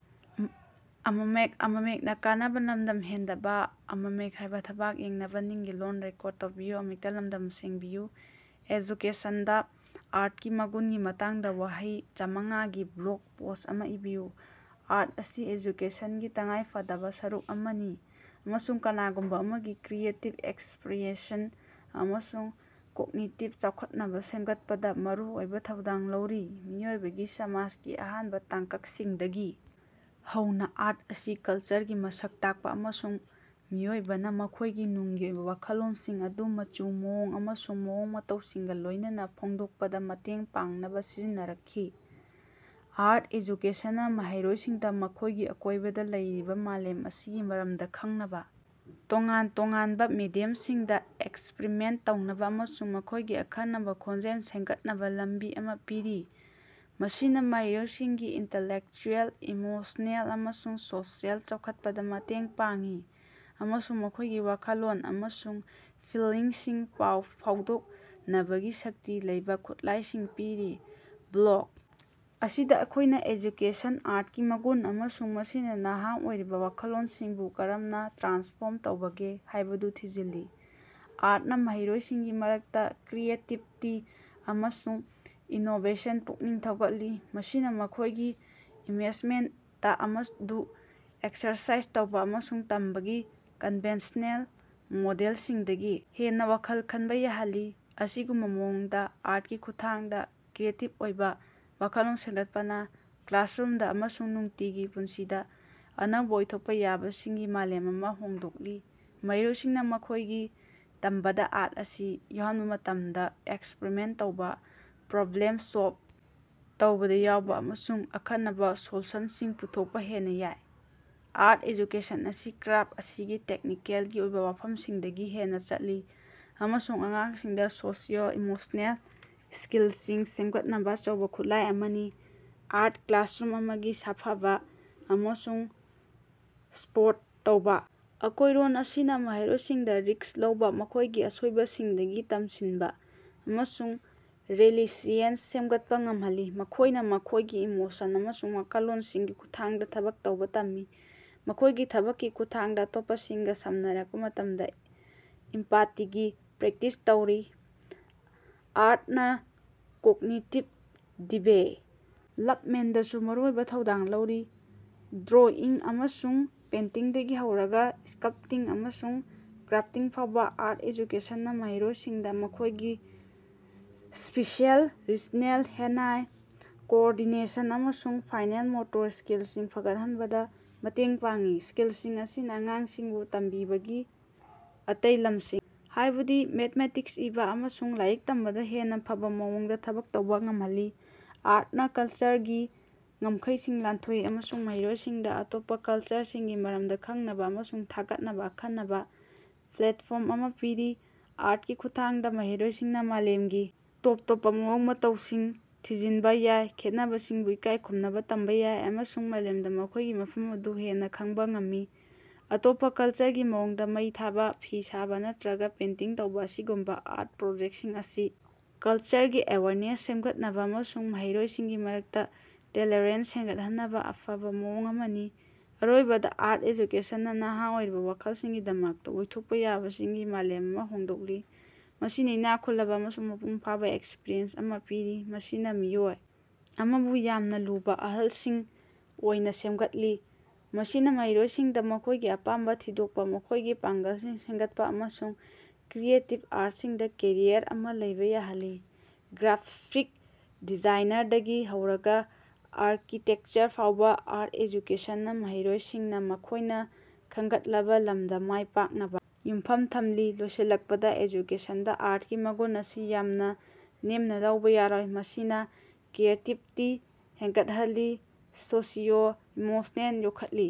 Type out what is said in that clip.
ꯑꯦꯖꯨꯀꯦꯁꯟꯗ ꯑꯥꯔꯠꯀꯤ ꯃꯒꯨꯟꯒꯤ ꯃꯇꯥꯡꯗ ꯋꯥꯍꯩ ꯆꯥꯃꯉꯥ ꯒꯤ ꯕ꯭ꯂꯣꯛ ꯄꯣꯁ ꯑꯃ ꯏꯕꯤꯌꯨ꯫ ꯑꯥꯔꯠ ꯑꯁꯤ ꯑꯦꯖꯨꯀꯦꯁꯟꯒꯤ ꯇꯉꯥꯏꯐꯗꯕ ꯁꯔꯨꯛ ꯑꯃꯅꯤ ꯑꯃꯁꯨꯡ ꯀꯅꯥꯒꯨꯝꯕ ꯑꯃꯒꯤ ꯀ꯭ꯔꯤꯌꯦꯇꯤꯞ ꯑꯦꯛꯁꯄ꯭ꯔꯦꯁꯟ ꯑꯃꯁꯨꯡ ꯀꯣꯛꯅꯤꯇꯤꯞ ꯆꯥꯎꯈꯠꯅꯕ ꯁꯦꯝꯒꯠꯄꯗ ꯃꯔꯨꯑꯣꯏꯕ ꯊꯧꯗꯥꯡ ꯂꯧꯔꯤ꯫ ꯃꯤꯑꯣꯏꯕꯒꯤ ꯁꯃꯥꯖꯀꯤ ꯑꯍꯥꯟꯕ ꯇꯥꯡꯀꯛꯁꯤꯡꯗꯒꯤ ꯍꯧꯅ ꯑꯥꯔꯠ ꯑꯁꯤ ꯀꯜꯆꯔꯒꯤ ꯃꯁꯛ ꯇꯥꯛꯄ ꯑꯃꯁꯨꯡ ꯃꯤꯑꯣꯏꯕꯅ ꯃꯈꯣꯏꯒꯤ ꯅꯨꯡꯒꯤ ꯑꯣꯏꯕ ꯋꯥꯈꯜꯂꯣꯟꯁꯤꯡ ꯑꯗꯨ ꯃꯆꯨ, ꯃꯑꯣꯡ ꯑꯃꯁꯨꯡ ꯃꯑꯣꯡ ꯃꯇꯧꯁꯤꯡꯒ ꯂꯣꯏꯅꯅ ꯐꯣꯡꯗꯣꯛꯄꯗ ꯃꯇꯦꯡ ꯄꯥꯡꯅꯕ ꯁꯤꯖꯤꯟꯅꯔꯛꯈꯤ꯫ ꯑꯥꯔꯠ ꯑꯦꯖꯨꯀꯦꯁꯟꯅ ꯃꯍꯩꯔꯣꯏꯁꯤꯡꯗ ꯃꯈꯣꯏꯒꯤ ꯑꯀꯣꯏꯕꯗ ꯂꯩꯔꯤꯕ ꯃꯥꯂꯦꯝ ꯑꯁꯤꯒꯤ ꯃꯔꯝꯗ ꯈꯪꯅꯕ, ꯇꯣꯉꯥꯟ-ꯇꯣꯉꯥꯟꯕ ꯃꯦꯗꯤꯌꯝꯁꯤꯡꯗ ꯑꯦꯛꯁꯄ꯭ꯔꯤꯃꯦꯟꯇ ꯇꯧꯅꯕ ꯑꯃꯁꯨꯡ ꯃꯈꯣꯏꯒꯤ ꯑꯈꯟꯅꯕ ꯈꯣꯟꯖꯦꯜ ꯁꯦꯝꯒꯠꯅꯕ ꯂꯝꯕꯤ ꯑꯃ ꯄꯤꯔꯤ꯫ ꯃꯁꯤꯅ ꯃꯍꯩꯔꯣꯏꯁꯤꯡꯒꯤ ꯏꯟꯇꯦꯂꯦꯛꯆꯨꯑꯦꯜ, ꯏꯃꯣꯁꯅꯦꯜ, ꯑꯃꯁꯨꯡ ꯁꯣꯁꯤꯑꯦꯜ ꯆꯥꯎꯈꯠꯄꯗ ꯃꯇꯦꯡ ꯄꯥꯡꯏ ꯑꯃꯁꯨꯡ ꯃꯈꯣꯏꯒꯤ ꯋꯥꯈꯜꯂꯣꯟ ꯑꯃꯁꯨꯡ ꯐꯤꯜꯂꯤꯡꯁꯤꯡ ꯄꯥꯎ ꯐꯥꯎꯗꯣꯛꯅꯕꯒꯤ ꯁꯛꯇꯤ ꯂꯩꯕ ꯈꯨꯠꯂꯥꯏꯁꯤꯡ ꯄꯤꯔꯤ꯫ ꯕ꯭ꯂꯣꯛ ꯑꯁꯤꯗ ꯑꯩꯈꯣꯏꯅ ꯑꯦꯖꯨꯀꯦꯁꯟ ꯑꯥꯔꯠꯀꯤ ꯃꯒꯨꯟ ꯑꯃꯁꯨꯡ ꯃꯁꯤꯅ ꯅꯍꯥ ꯑꯣꯏꯔꯤꯕ ꯋꯥꯈꯜꯂꯣꯟꯁꯤꯡꯕꯨ ꯀꯔꯝꯅ ꯇ꯭ꯔꯥꯟꯁꯐꯣꯔꯝ ꯇꯧꯕꯒꯦ ꯍꯥꯏꯕꯗꯨ ꯊꯤꯖꯤꯜꯂꯤ꯫ ꯑꯥꯔꯠꯅ ꯃꯍꯩꯔꯣꯏꯁꯤꯡꯒꯤ ꯃꯔꯛꯇ ꯀ꯭ꯔꯤꯌꯦꯇꯤꯕꯤꯇꯤ ꯑꯃꯁꯨꯡ ꯏꯅꯣꯕꯦꯁꯟ ꯄꯨꯛꯅꯤꯡ ꯊꯧꯒꯠꯂꯤ꯫ ꯃꯁꯤꯅ ꯃꯈꯣꯏꯒꯤ ꯏꯃꯦꯖꯃꯦꯟꯇ ꯑꯗꯨ ꯑꯦꯛꯁꯔꯁꯥꯏꯖ ꯇꯧꯕꯥ ꯑꯃꯁꯨꯡ ꯇꯝꯕꯒꯤ ꯀꯟꯚꯦꯟꯁꯅꯦꯜ ꯃꯣꯗꯦꯜꯁꯤꯡꯗꯒꯤ ꯍꯦꯟꯅ ꯋꯥꯈꯜ ꯈꯟꯕ ꯌꯥꯍꯜꯂꯤ꯫ ꯑꯁꯤꯒꯨꯝꯕꯥ ꯃꯑꯣꯡꯗ, ꯑꯥꯔꯠꯀꯤ ꯈꯨꯠꯊꯥꯡꯗ ꯀ꯭ꯔꯤꯌꯦꯇꯤꯞ ꯑꯣꯏꯕ ꯋꯥꯈꯜꯂꯣꯟ ꯁꯥꯒꯠꯄꯅ ꯀ꯭ꯂꯥꯁꯔꯨꯝꯗ ꯑꯃꯁꯨꯡ ꯅꯨꯡꯇꯤꯒꯤ ꯄꯨꯟꯁꯤꯗ ꯑꯅꯧꯕ ꯑꯣꯏꯊꯣꯛꯄ ꯌꯥꯕꯁꯤꯡꯒꯤ ꯃꯥꯂꯦꯝ ꯑꯃ ꯍꯥꯡꯗꯣꯛꯂꯤ꯫ ꯃꯍꯩꯔꯣꯏꯁꯤꯡꯅ ꯃꯈꯣꯏꯒꯤ ꯇꯝꯕꯗ ꯑꯥꯔꯠ ꯑꯁꯤ ꯌꯥꯎꯍꯟꯕ ꯃꯇꯝꯗ ꯑꯦꯛꯁꯄ꯭ꯔꯤꯃꯦꯟꯇ ꯇꯧꯕ, ꯄ꯭ꯔꯣꯕ꯭ꯂꯦꯝ ꯁꯣꯜꯕ ꯇꯧꯕꯗ ꯌꯥꯎꯕ ꯑꯃꯁꯨꯡ ꯑꯈꯟꯅꯕ ꯁꯣꯂꯨꯁꯟꯁꯤꯡ ꯄꯨꯊꯣꯛꯄ ꯍꯦꯟꯅ ꯌꯥꯏ꯫ ꯑꯥꯔꯠ ꯑꯦꯖꯨꯀꯦꯁꯟ ꯑꯁꯤ ꯀ꯭ꯔꯥꯐ ꯑꯁꯤꯒꯤ ꯇꯦꯛꯅꯤꯀꯦꯜꯒꯤ ꯑꯣꯏꯕ ꯋꯥꯐꯝꯁꯤꯡꯗꯒꯤ ꯍꯦꯟꯅ ꯆꯠꯂꯤ ꯑꯃꯁꯨꯡ ꯑꯉꯥꯡꯁꯤꯡꯗ ꯁꯣꯁꯤꯑꯣ-ꯏꯃꯣꯁꯅꯦꯜ ꯁ꯭ꯀꯤꯜꯁꯤꯡ ꯁꯦꯝꯒꯠꯅꯕ ꯑꯆꯧꯕ ꯈꯨꯠꯂꯥꯏ ꯑꯃꯅꯤ꯫ ꯑꯥꯔꯠ ꯀ꯭ꯂꯥꯁꯔꯨꯝ ꯑꯃꯒꯤ ꯁꯥꯐꯕ ꯑꯃꯁꯨꯡ ꯁꯄꯣ꯭ꯔꯠ ꯇꯧꯕ ꯑꯀꯣꯏꯔꯣꯟ ꯑꯁꯤꯅ ꯃꯍꯩꯔꯣꯏꯁꯤꯡꯗ ꯔꯤꯁ꯭ꯛ ꯂꯧꯕ, ꯃꯈꯣꯏꯒꯤ ꯑꯁꯣꯏꯕꯁꯤꯡꯗꯒꯤ ꯇꯝꯁꯤꯟꯕ ꯑꯃꯁꯨꯡ ꯔꯦꯁꯤꯂꯤꯌꯦꯟꯁ ꯁꯦꯝꯒꯠꯄ ꯉꯝꯍꯜꯂꯤ꯫ ꯃꯈꯣꯏꯅ ꯃꯈꯣꯏꯒꯤ ꯏꯃꯣꯁꯟ ꯑꯃꯁꯨꯡ ꯋꯥꯈꯜꯂꯣꯟꯁꯤꯡꯒꯤ ꯈꯨꯠꯊꯥꯡꯗ ꯊꯕꯛ ꯇꯧꯕ ꯇꯝꯃꯤ, ꯃꯈꯣꯏꯒꯤ ꯊꯕꯛꯀꯤ ꯈꯨꯠꯊꯥꯡꯗ ꯑꯇꯣꯞꯄꯁꯤꯡꯒ ꯁꯝꯅꯔꯛꯄ ꯃꯇꯝꯗ ꯏꯝꯄꯥꯇꯤꯒꯤ ꯄ꯭ꯔꯦꯛꯇꯤꯁ ꯇꯧꯏ꯫ ꯑꯥꯔꯠꯅ ꯀꯣꯒꯅꯤꯇꯤꯚ ꯗꯤꯚꯦ ꯂꯞꯃꯦꯟꯠꯗꯁꯨ ꯃꯔꯨꯑꯣꯏꯕ ꯊꯧꯗꯥꯡ ꯂꯧꯔꯤ꯫ ꯗ꯭ꯔꯣꯏꯪ ꯑꯃꯁꯨꯡ ꯄꯦꯟꯇꯤꯡꯗꯒꯤ ꯍꯧꯔꯒ ꯁ꯭ꯀꯜꯞꯇꯤꯡ ꯑꯃꯁꯨꯡ ꯀ꯭ꯔꯥꯞꯇꯤꯡ ꯐꯥꯎꯕ, ꯑꯥꯔꯠ ꯑꯦꯖꯨꯀꯦꯁꯟꯅ ꯃꯍꯩꯔꯣꯏꯁꯤꯡꯗ ꯃꯈꯣꯏꯒꯤ ꯁ꯭ꯄꯦꯁꯤꯑꯦꯜ ꯔꯤꯖꯅꯦꯜ, ꯍꯦꯟ-ꯑꯥꯏ ꯀꯣꯑꯣꯔꯗꯤꯅꯦꯁꯟ, ꯑꯃꯁꯨꯡ ꯐꯥꯏꯅꯦꯜ ꯃꯣꯇꯣꯔ ꯁ꯭ꯀꯤꯜꯁꯤꯡ ꯐꯒꯠꯍꯟꯕꯗ ꯃꯇꯦꯡ ꯄꯥꯡꯏ꯫ ꯁ꯭ꯀꯤꯜꯁꯤꯡ ꯑꯁꯤꯅ ꯑꯉꯥꯡꯁꯤꯡꯕꯨ ꯇꯝꯕꯒꯤ ꯑꯇꯩ ꯂꯝꯁꯤꯡ ꯍꯥꯏꯕꯗꯤ ꯃꯦꯊꯃꯦꯇꯤꯛꯁ, ꯏꯕ, ꯑꯃꯁꯨꯡ ꯂꯥꯏꯔꯤꯛ ꯇꯝꯕꯗ ꯍꯦꯟꯅ ꯐꯕ ꯃꯑꯣꯡꯗ ꯊꯕꯛ ꯇꯧꯕ ꯉꯝꯍꯜꯂꯤ꯫ ꯑꯥꯔꯠꯅ ꯀꯜꯆꯔꯒꯤ ꯉꯝꯈꯩꯁꯤꯡ ꯂꯥꯟꯊꯣꯛꯏ ꯑꯃꯁꯨꯡ ꯃꯍꯩꯔꯣꯏꯁꯤꯡꯗ ꯑꯇꯣꯞꯄ ꯀꯜꯆꯔꯁꯤꯡꯒꯤ ꯃꯔꯝꯗ ꯈꯪꯅꯕ ꯑꯃꯁꯨꯡ ꯊꯥꯒꯠꯅꯕ ꯑꯈꯟꯅꯕ ꯄ꯭ꯂꯦꯠꯐꯣ ꯔꯝ ꯑꯃ ꯄꯤꯔꯤ꯫ ꯑꯥꯔꯠꯀꯤ ꯈꯨꯠꯊꯥꯡꯗ ꯃꯍꯩꯔꯣꯏꯁꯤꯡꯅ ꯃꯥꯂꯦꯝꯒꯤ ꯇꯣꯞ ꯇꯣꯞꯄ ꯃꯑꯣꯡ ꯃꯇꯧꯁꯤꯡ ꯊꯤꯖꯤꯟꯕ ꯌꯥꯏ, ꯈꯦꯠꯅꯕꯁꯤꯡꯕꯨ ꯏꯀꯥꯏ ꯈꯨꯝꯅꯕ ꯇꯝꯕ ꯌꯥꯏ ꯑꯃꯁꯨꯡ ꯃꯥꯂꯦꯝꯗ ꯃꯈꯣꯏꯒꯤ ꯃꯐꯝ ꯑꯗꯨ ꯍꯦꯟꯅ ꯈꯪꯕ ꯉꯝꯃꯤ꯫ ꯑꯇꯣꯞꯄ ꯀꯜꯆꯔꯒꯤ ꯃꯑꯣꯡꯗ ꯃꯩ ꯊꯥꯕ, ꯐꯤ ꯁꯥꯕ, ꯅꯠꯇ꯭ꯔꯒ ꯄꯦꯟꯇꯤꯡ ꯇꯧꯕ ꯑꯁꯤꯒꯨꯝꯕ ꯑꯥꯔꯠ ꯄ꯭ꯔꯣꯖꯦꯛꯁꯤꯡ ꯑꯁꯤ ꯀꯜꯆꯔꯒꯤ ꯑꯦꯋꯦꯌꯔꯅꯦꯁ ꯁꯦꯝꯒꯠꯅꯕ ꯑꯃꯁꯨꯡ ꯃꯍꯩꯔꯣꯏꯁꯤꯡꯒꯤ ꯃꯔꯛꯇ ꯇꯦꯂꯦꯔꯦꯟꯁ ꯍꯦꯟꯒꯠꯍꯟꯅꯕ ꯑꯐꯕ ꯃꯑꯣꯡ ꯑꯃꯅꯤ꯫ ꯑꯔꯣꯏꯕꯗ, ꯑꯥꯔꯠ ꯑꯦꯖꯨꯀꯦꯁꯟꯅ ꯅꯍꯥ ꯑꯣꯏꯔꯤꯕ ꯋꯥꯈꯜꯁꯤꯡꯒꯤꯗꯃꯛꯇ ꯑꯣꯏꯊꯣꯛꯄ ꯌꯥꯕꯁꯤꯡꯒꯤ ꯃꯥꯂꯦꯝ ꯑꯃ ꯍꯥꯡꯗꯣꯛꯂꯤ꯫ ꯃꯁꯤꯅ ꯏꯅꯥꯛ ꯈꯨꯜꯂꯕ ꯑꯃꯁꯨꯡ ꯃꯄꯨꯡ ꯐꯥꯕ ꯑꯦꯛꯁꯄꯔꯤꯌꯦꯟꯁ ꯑꯃ ꯄꯤꯔꯤ, ꯃꯁꯤꯅ ꯃꯤꯑꯣꯏ ꯑꯃꯕꯨ ꯌꯥꯝꯅ ꯂꯨꯕ ꯑꯍꯜꯁꯤꯡ ꯑꯣꯏꯅ ꯁꯦꯝꯒꯠꯂꯤ꯫ ꯃꯁꯤꯅ ꯃꯍꯩꯔꯣꯏꯁꯤꯡꯗ ꯃꯈꯣꯏꯒꯤ ꯑꯄꯥꯝꯕ ꯊꯤꯗꯣꯛꯄ, ꯃꯈꯣꯏꯒꯤ ꯄꯥꯡꯒꯜꯁꯤꯡ ꯁꯦꯝꯒꯠꯄ ꯑꯃꯁꯨꯡ ꯀ꯭ꯔꯤꯌꯦꯇꯤꯞ ꯑꯥꯔꯠꯁꯤꯡꯗ ꯀꯦꯔꯤꯌꯔ ꯑꯃ ꯂꯧꯕ ꯌꯥꯍꯜꯂꯤ꯫ ꯒ꯭ꯔꯥꯐꯤꯛ ꯗꯤꯖꯥꯏꯅꯔꯗꯒꯤ ꯍꯧꯔꯒ ꯑꯥꯔꯀꯤꯇꯦꯛꯆꯔ ꯐꯥꯎꯕ, ꯑꯥꯔꯠ ꯑꯦꯖꯨꯀꯦꯁꯟꯅ ꯃꯍꯩꯔꯣꯏꯁꯤꯡꯅ ꯃꯈꯣꯏꯅ ꯈꯟꯒꯠꯂꯕ ꯂꯝꯗ ꯃꯥꯏꯄꯥꯛꯅꯕ ꯌꯨꯝꯐꯝ ꯊꯝꯂꯤ꯫ ꯂꯣꯏꯁꯤꯜꯂꯛꯄꯗ, ꯑꯦꯖꯨꯀꯦꯁꯟꯗ ꯑꯥꯔꯠꯀꯤ ꯃꯒꯨꯟ ꯑꯁꯤ ꯌꯥꯝꯅ ꯅꯦꯝꯅ ꯂꯧꯕ ꯌꯥꯔꯣꯏ꯫ ꯃꯁꯤꯅ ꯀ꯭ꯔꯤꯌꯦꯇꯤꯕꯤꯇꯤ ꯍꯦꯅꯒꯠꯍꯜꯂꯤ, ꯁꯣꯁꯤꯑꯣ-ꯏꯃꯣꯁꯅꯦꯜ ꯌꯣꯛꯈꯠꯂꯤ꯫